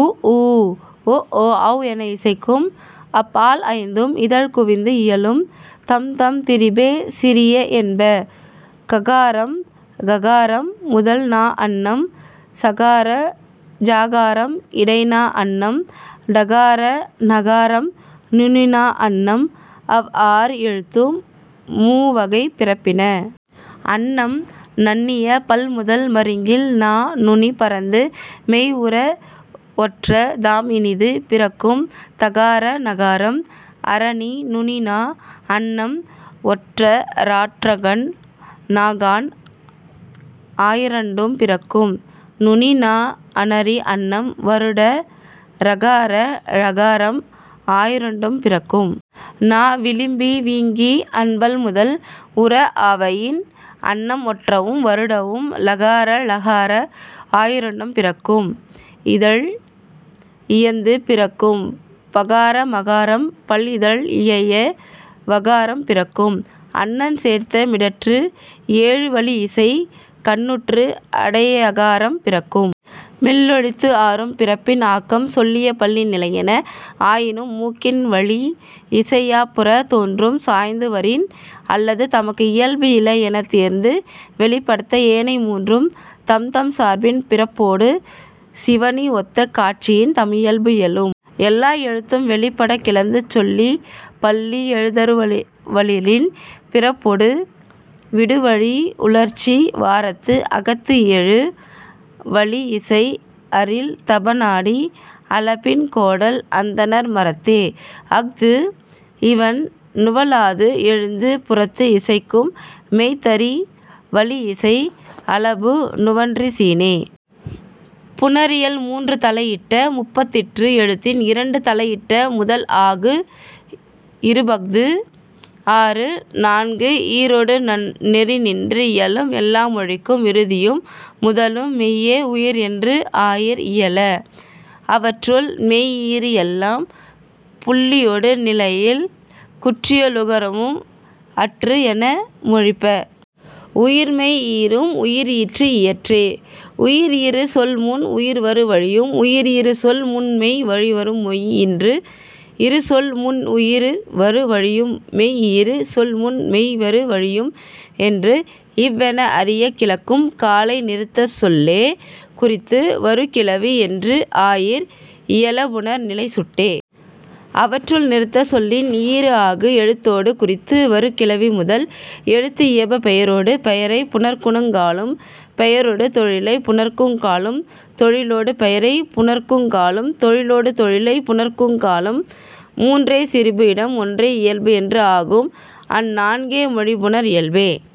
உ ஊ ஒ ஓ ஔ என இசைக்கும் அப் பால் ஐந்தும் இதழ் குவிந்து இயலும். தம்தம் திரிபே சிறிய என்ப. ககார ஙகாரம் முதல் நா அண்ணம். சகார ஞகாரம் இடை நா அண்ணம். டகார ணகாரம் நுனி நா அண்ணம். அவ் ஆறு எழுத்தும் மூ வகைப் பிறப்பின. அண்ணம் நண்ணிய பல் முதல் மருங்கில் நா நுனி பரந்து மெய் உற ஒற்ற தாம் இனிது பிறக்கும் தகார நகாரம். அணரி நுனி நா அண்ணம் ஒற்ற றஃகான் னஃகான் ஆயிரண்டும் பிறக்கும். நுனி நா அணரி அண்ணம் வருட ரகார ழகாரம் ஆயிரண்டும் பிறக்கும். நா விளிம்பு வீங்கி அண்பல் முதல் உற ஆவயின் அண்ணம் ஒற்றவும் வருடவும் லகார ளகாரம் ஆயிரண்டும் பிறக்கும். இதழ் இயைந்து பிறக்கும் பகார மகாரம். பல் இதழ் இயைய வகாரம் பிறக்கும். அண்ணம் சேர்ந்த மிடற்று எழு வளி இசை கண்ணுற்று அடைய யகாரம் பிறக்கும். மெல்லெழுத்து ஆறும் பிறப்பின் ஆக்கம் சொல்லிய பள்ளி நிலையின ஆயினும் மூக்கின் வளி இசை யாப்புறத் தோன்றும். சார்ந்து வரின் அல்லது தமக்கு இயல்பு இல எனத் தேர்ந்து வெளிப்படுத்த ஏனை மூன்றும் தம்தம் சார்பின் பிறப்பொடு சிவணி ஒத்த காட்சியின் தம் இயல்பு இயலும். எல்லா எழுத்தும் வெளிப்படக் கிளந்து சொல்லிய பள்ளி எழுதரு வளியின் பிறப்பொடு விடுவழி உறழ்ச்சி வாரத்து அகத்து எழு வளி இசை அரில் தப நாடி அளபின் கோடல் அந்தணர் மறைத்தே. அஃது இவண் நுவலாது எழுந்து புறத்து இசைக்கும் மெய் தெரி வளி இசை அளபு நுவன்றிசினே.. புணரியல் மூன்று தலை இட்ட முப்பதிற்று எழுத்தின் இரண்டு தலை இட்ட முதல் ஆகு இருபஃது அறு நான்கு ஈறொடு நெறி நின்று இயலும் எல்லா மொழிக்கும் இறுதியும் முதலும் மெய்யே உயிர் என்று ஆயீர் இயல. அவற்றுள், மெய் ஈறு எல்லாம் புள்ளியொடு-நிலையல். குற்றியலுகரமும் அற்று என மொழிப. உயிர்மெய் ஈறும் உயிர் ஈற்று இயற்றே. உயிர் இறு சொல் முன் உயிர் வரு வழியும் உயிர் இறு சொல் முன் மெய் வரு வழியும் மெய் இறு சொல் முன் உயிர் வரு வழியும் மெய் இறு சொல் முன் மெய் வரு வழியும் என்று இவ் என அறியக் கிளக்கும் காலை நிறுத்த சொல்லே குறித்து வரு கிளவி என்று ஆயீர் இயல புணர் நிலைச் சுட்டே. அவற்றுள், நிறுத்த சொல்லின் ஈறு ஆகு எழுத்தொடு குறித்து வரு கிளவி முதல் எழுத்து இயைய பெயரொடு பெயரைப் புணர்க்குங் காலும் பெயரொடு தொழிலைப் புணர்க்குங் காலும் தொழிலொடு பெயரைப் புணர்க்குங் காலும் தொழிலொடு தொழிலைப் புணர்க்குங் காலும் மூன்றே திரிபு இடன் ஒன்றே இயல்பு என ஆங்கு அந் நான்கே மொழி புணர் இயல்பே.